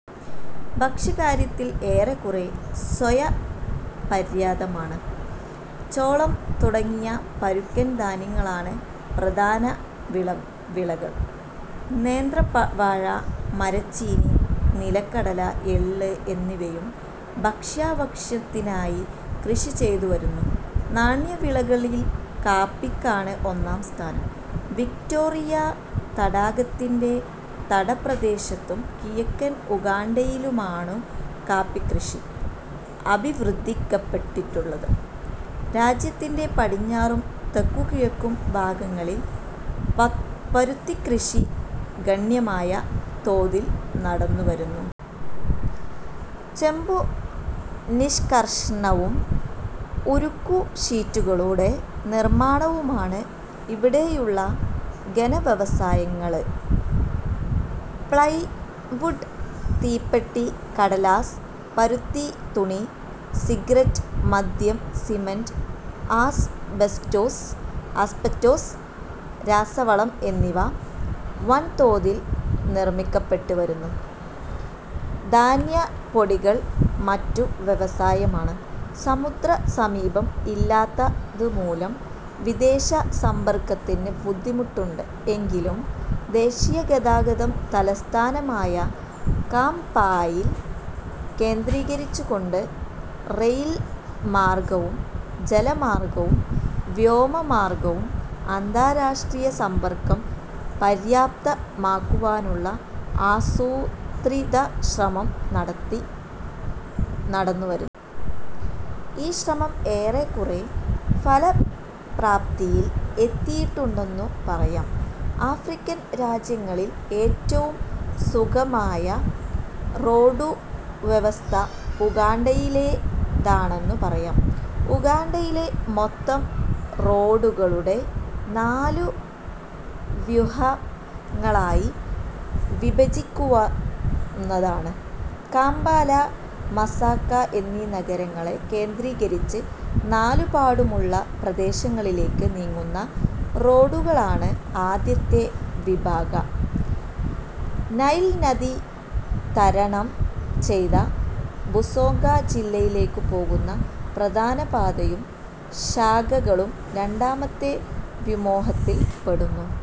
ഭക്ഷ്യകാര്യത്തിൽ ഏറെക്കുറെ സ്വയ പര്യാതമാണ്. ചോളം തുടങ്ങിയ പരുക്കൻ ധാന്യങ്ങളാണ് പ്രധാനവിളകൾ. നേന്ത്രവാഴ, മരച്ചീനി, നിലക്കടല, എള്ള് എന്നിവയും ഭക്ഷ്യാവശ്യത്തിനായി കൃഷിചെയ്തു വരുന്നു. നാണ്യവിളകളിൽ കാപ്പിക്കാണ് ഒന്നാം സ്ഥാനം. വിക്റ്റോറിയാ തടാകത്തിന്റെ തടപ്രദേശത്തും കിഴക്കൻ ഉഗാണ്ടയിലുമാണു കാപ്പികൃഷി അഭിവൃദ്ധിക്കപ്പെട്ടിട്ടുള്ളത്. രാജ്യത്തിന്റെ പടിഞ്ഞാറും, തെക്കുകിഴക്കും ഭാഗങ്ങളിൽ പരുത്തികൃഷി ഗണ്യമായ തോതിൽ നടന്നുവരുന്നു. ചെമ്പുനിഷ്കർഷണവും, ഉരുക്കുഷീറ്റുകളുടെ നിർമ്മാണവുമാണ് ഇവിടെയുള്ള ഘനവ്യവസായങ്ങള്. പ്ലൈവുഡ്, തീപ്പെട്ടി, കടലാസ്, പരുത്തിത്തുണി, സിഗററ്റ്, മദ്യം, സിമന്റ്, ആസ്ബെസ്റ്റോസ്, രാസവളം എന്നിവ വൻതോതിൽ നിർമ്മിക്കപ്പെട്ടുവരുന്നു. ധാന്യം പൊടികൾ മറ്റു വ്യവസായമാണ്. സമുദ്ര സാമീപ്യം ഇല്ലാത്തതുമൂലം വിദേശ സമ്പർക്കത്തിന് ബുദ്ധിമുട്ട് ഉണ്ട്. എങ്കിലും ദേശീയഗതാഗതം തലസ്ഥാനമായ കാംപാലയിൽ കേന്ദ്രീകരിച്ചുകൊണ്ട്, റയിൽമാർഗവും ജലമാർഗവും വ്യോമമാർഗവും അന്താരാഷ്ട്രീയ സമ്പർക്കം പര്യാപ്തമാക്കുവാനുള്ള ആസൂത്രിതശ്രമം നടത്തി നടന്നുവരുന്നു. ഈ ശ്രമം ഏറെക്കുറെ ഫലപ്രാപ്തിയിൽ എത്തിയിട്ടുണ്ടെന്നു പറയാം. ആഫ്രിക്കൻ രാജ്യങ്ങളിൽ ഏറ്റവും സുഗമായ റോഡുവ്യവസ്ഥ ഉഗാണ്ടയിലേതാണെന്നു പറയാം. ഉഗാണ്ടയിലെ മൊത്തം റോഡുകളുടെ നാലു വ്യുഹങ്ങളായി വിഭജിക്കാവുന്നതാണ്. കാംപാല, മാസാക എന്നീ നഗരങ്ങളെ കേന്ദ്രീകരിച്ച് നാലുപാടുമുള്ള പ്രദേശങ്ങളിലേക്ക് നീങ്ങുന്ന റോഡുകളാണ് ആദ്യത്തെ വിഭാഗ. നൈൽ നദി തരണം ചെയ്ത ബുസോഗാ ജില്ലയിലേക്കു പോകുന്ന പ്രധാനപാതയും ശാഖകളും രണ്ടാമത്തെ വ്യുമോഹത്തിൽ പെടുന്നു.